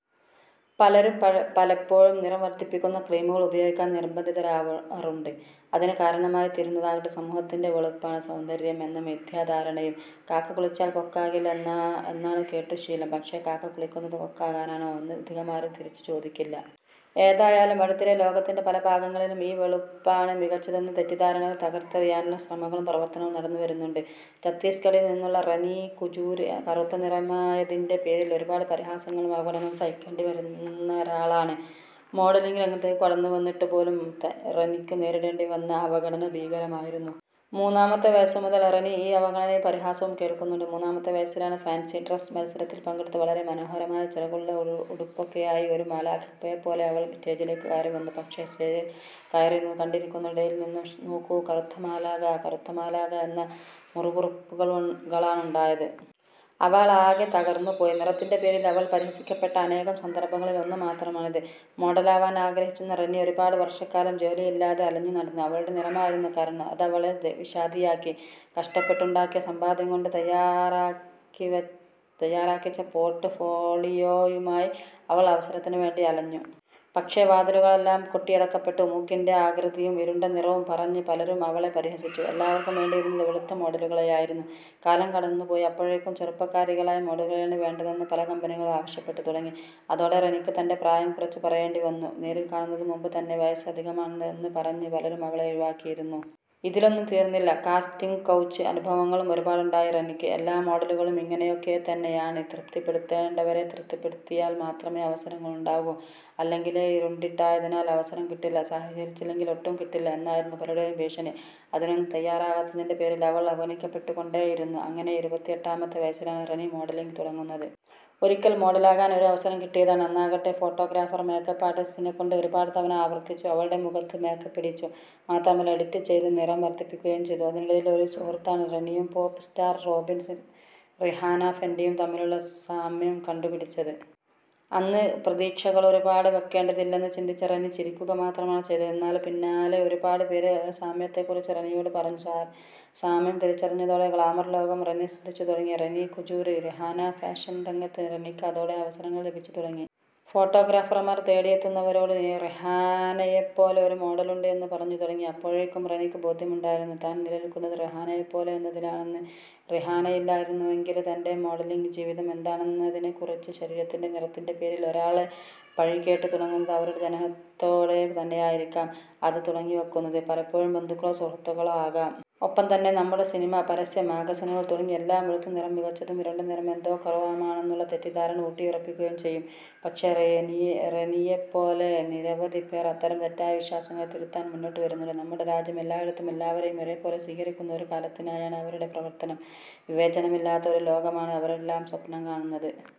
പലരും പല പലപ്പോഴും നിറം വർധിപ്പിക്കുന്ന ക്രീമുകൾ ഉപയോഗിക്കാൻ നിർബന്ധിതരാവാറുണ്ട്. അതിന് കാരണമായിത്തീരുന്നതാകട്ടെ സമൂഹത്തിന്റെ ' വെളുപ്പാണ് സൗന്ദര്യം ' എന്ന മിഥ്യാധാരണയും. ' കാക്ക കുളിച്ചാൽ കൊക്കാകില്ല ' എന്നാണ് കേട്ടു ശീലം. പക്ഷെ, ' കാക്ക കുളിക്കുന്നത് കൊക്കാകാനാണോ? ' എന്ന് അധികമാരും തിരിച്ച് ചോദിക്കില്ല. ഏതായാലും അടുത്തിടെ ലോകത്തിന്റെ പല ഭാഗങ്ങളിലും ഈ വെളുപ്പാണ് മികച്ചതെന്ന തെറ്റിദ്ധാരണകൾ തകർത്തെറിയാനുള്ള ശ്രമങ്ങളും പ്രവർത്തനങ്ങളും നടന്നു വരുന്നുണ്ട്. ഛത്തീസ്ഗഢിൽ നിന്നുള്ള റെനീ കുജൂര് കറുത്ത നിറമായതിന്റെ പേരിൽ ഒരുപാട് പരിഹാസങ്ങളും അവഗണനകളും സഹിക്കേണ്ടി വന്നൊരാളാണ്. മോഡലിംഗ് രംഗത്തേക്ക് കടന്നു വന്നിട്ടുപോലും റെനിക്ക് നേരിടേണ്ടി വന്ന അവഗണന ഭീകരമായിരുന്നു. മൂന്നാമത്തെ വയസ്സ് മുതൽ റെനി ഈ അവഗണനയും പരിഹാസവും കേൾക്കുന്നുണ്ട്. മൂന്നാമത്തെ വയസ്സിലാണ്, ഫാൻസി ഡ്രസ് മത്സരത്തിൽ പങ്കെടുത്ത് വളരെ മനോഹരമായൊരു ചിറകുള്ള ഉടുപ്പൊക്കെയായി ഒരു മാലാഖയെപ്പോലെ അവൾ സ്റ്റേജിലേക്ക് കയറിവന്നു പക്ഷെ, സ്റ്റേജിൽ കയറിയതും കണ്ടിരിക്കുന്നവരുടെ ഇടയിൽ നിന്നും ' നോക്കൂ, കറുത്ത മാലാഖ, കറുത്ത മാലാഖ ' എന്ന മുറുമുറുപ്പുകളാണുണ്ടായത്. അവളാകെ തകർന്നു പോയി. നിറത്തിന്റെ പേരിൽ അവൾ പരിഹസിക്കപ്പെട്ട അനേകം സന്ദർഭങ്ങളിൽ ഒന്നു മാത്രമാണിത്. മോഡലാവാൻ ആഗ്രഹിച്ചിരുന്ന റെനി ഒരുപാട് വർഷക്കാലം ജോലിയില്ലാതെ അലഞ്ഞു നടന്നു. അവളുടെ നിറമായിരുന്നു കാരണം. അതവളെ വിഷാദിയാക്കി. കഷ്ടപ്പെട്ടുണ്ടാക്കിയ സമ്പാദ്യം കൊണ്ട് തയ്യാറാക്കിച്ച പോർട്ട് ഫോളിയോയുമായ് അവൾ അവസരത്തിന് വേണ്ടി അലഞ്ഞു. പക്ഷെ, വാതിലുകളെല്ലാം കൊട്ടിയടക്കപ്പെട്ടു. മൂക്കിന്റെ ആകൃതിയും ഇരുണ്ട നിറവും പറഞ്ഞ് പലരും അവളെ പരിഹസിച്ചു. എല്ലാവർക്കും വേണ്ടിയിരുന്നത് വെളുത്ത മോഡലുകളെയായിരുന്നു. കാലം കടന്നുപോയി. അപ്പോഴേക്കും ചെറുപ്പക്കാരികളായ മോഡലുകളെയാണ് വേണ്ടതെന്ന് പല കമ്പനികളും ആവശ്യപ്പെട്ടു തുടങ്ങി. അതോടെ റെനിക്ക് തന്റെ പ്രായം കുറച്ച് പറയേണ്ടി വന്നു. നേരിൽ കാണുന്നതിന് മുമ്പ് തന്നെ വയസ്സ് അധികമാണ് എന്ന് പറഞ്ഞ് പലരും അവളെ ഒഴിവാക്കിയിരുന്നു. ഇതിലൊന്നും തീർന്നില്ല, കാസ്റ്റിങ് കൗച്ച് അനുഭവങ്ങളും ഒരുപാടുണ്ടായി റെനിക്ക്. ' എല്ലാ മോഡലുകളും ഇങ്ങനെയൊക്കെത്തന്നെയാണ്. തൃപ്തിപ്പെടുത്തേണ്ടവരെ തൃപ്തിപ്പെടുത്തിയാൽ മാത്രമേ അവസരങ്ങളുണ്ടാകൂ. അല്ലെങ്കിലേ ഇരുണ്ടിട്ടായതിനാൽ അവസരം കിട്ടില്ല. സഹകരിച്ചില്ലെങ്കിൽ ഒട്ടും കിട്ടില്ല ' എന്നായിരുന്നു പലരുടേയും ഭീഷണി. അതിനൊന്നും തയ്യാറാകാത്തതിന്റെ പേരിൽ അവൾ അവഗണിക്കപ്പെട്ടുകൊണ്ടേയിരുന്നു. അങ്ങനെ ഇരുപത്തിയെട്ടാമത്തെ വയസ്സിലാണ് റെനി മോഡലിംഗ് തുടങ്ങുന്നത്. ഒരിക്കൽ മോഡലാകാൻ ഒരു അവസരം കിട്ടിയതാണ്. അന്നാകട്ടെ ഫോട്ടോഗ്രാഫർ മേക്കപ്പ് ആർട്ടിസ്റ്റിനെ കൊണ്ട് ഒരുപാട് തവണ ആവർത്തിച്ചു അവളുടെ മുഖത്ത് മേക്കപ്പിടീച്ചു. മാത്രമല്ല, എഡിറ്റ് ചെയ്ത് നിറം വർധിപ്പിക്കുകയും ചെയ്തു. അതിനിടയിൽ ഒരു സുഹൃത്താണ് റെനിയും പോപ് സ്റ്റാർ റോബിൻ റിഹാന ഫെന്റിയും തമ്മിലുള്ള സാമ്യം കണ്ടു പിടിച്ചത്. അന്ന് പ്രതീക്ഷകളൊരുപാട് വെക്കേണ്ടതില്ലെന്ന് ചിന്തിച്ച റെനി ചിരിക്കുക മാത്രമാണ് ചെയ്തത്. എന്നാല്, പിന്നാലെ ഒരുപാട് പേര് ഈ സാമ്യത്തെ കുറിച്ച് റെനിയോട് പറഞ്ഞു. സാമ്യം തിരിച്ചറിഞ്ഞതോടെ ഗ്ലാമർ ലോകം റെനിയെ ശ്രദ്ധിച്ചു തുടങ്ങി. റെനീ കുജൂര്, റിഹാന ഫാഷൻ രംഗത്ത് റെനിക്ക് അതോടെ അവസരങ്ങൾ ലഭിച്ചു തുടങ്ങി. ഫോട്ടോഗ്രാഫർമാർ തേടിയെത്തുന്നവരോട് റിഹാനയെപ്പോലെ ഒരു മോഡലുണ്ട് എന്ന് പറഞ്ഞു തുടങ്ങി. അപ്പോഴും റെനിക്ക് ബോധ്യമുണ്ടായിരുന്നു താൻ നിലനിൽക്കുന്നത് റിഹാനയെപ്പോലെ എന്നതിലാണെന്ന്. റിഹാനയില്ലായിരുന്നുവെങ്കില് തന്റെ മോഡലിംഗ് ജീവിതം എന്താണെന്നതിനെ കുറിച്ച്. ശരീരത്തിന്റെ, നിറത്തിന്റെ പേരിൽ ഒരാൾ പഴികേട്ട് തുടങ്ങുന്നത് അവരുടെ ജനനത്തോടെ തന്നെയായിരിക്കാം. അത് തുടങ്ങിവെക്കുന്നത് പലപ്പോഴും ബന്ധുക്കളോ, സുഹൃത്തുക്കളോ ആകാം. ഒപ്പം തന്നെ നമ്മുടെ സിനിമ, പരസ്യം, മാഗസിനുകൾ തുടങ്ങി എല്ലാം വെളുത്ത നിറം മികച്ചതും ഇരുണ്ട നിറം എന്തോ കുറവുമാണെന്നുള്ള തെറ്റിദ്ധാരണ ഊട്ടിയുറപ്പിക്കുകയും ചെയ്യും. പക്ഷെ, റെനിയെപ്പോലെ നിരവധിപ്പേർ അത്തരം തെറ്റായ വിശ്വാസങ്ങളെ തിരുത്താൻ മുന്നോട്ട് വരുന്നുണ്ട്. നമ്മുടെ രാജ്യം എല്ലായിടത്തും എല്ലാവരേയും ഒരുപോലെ സ്വീകരിക്കുന്ന ഒരു കാലത്തിനായാണ് അവരുടെ പ്രവർത്തനം. വിവേചനമില്ലാത്ത ഒരു ലോകമാണ് അവരെല്ലാം സ്വപ്നം കാണുന്നത്.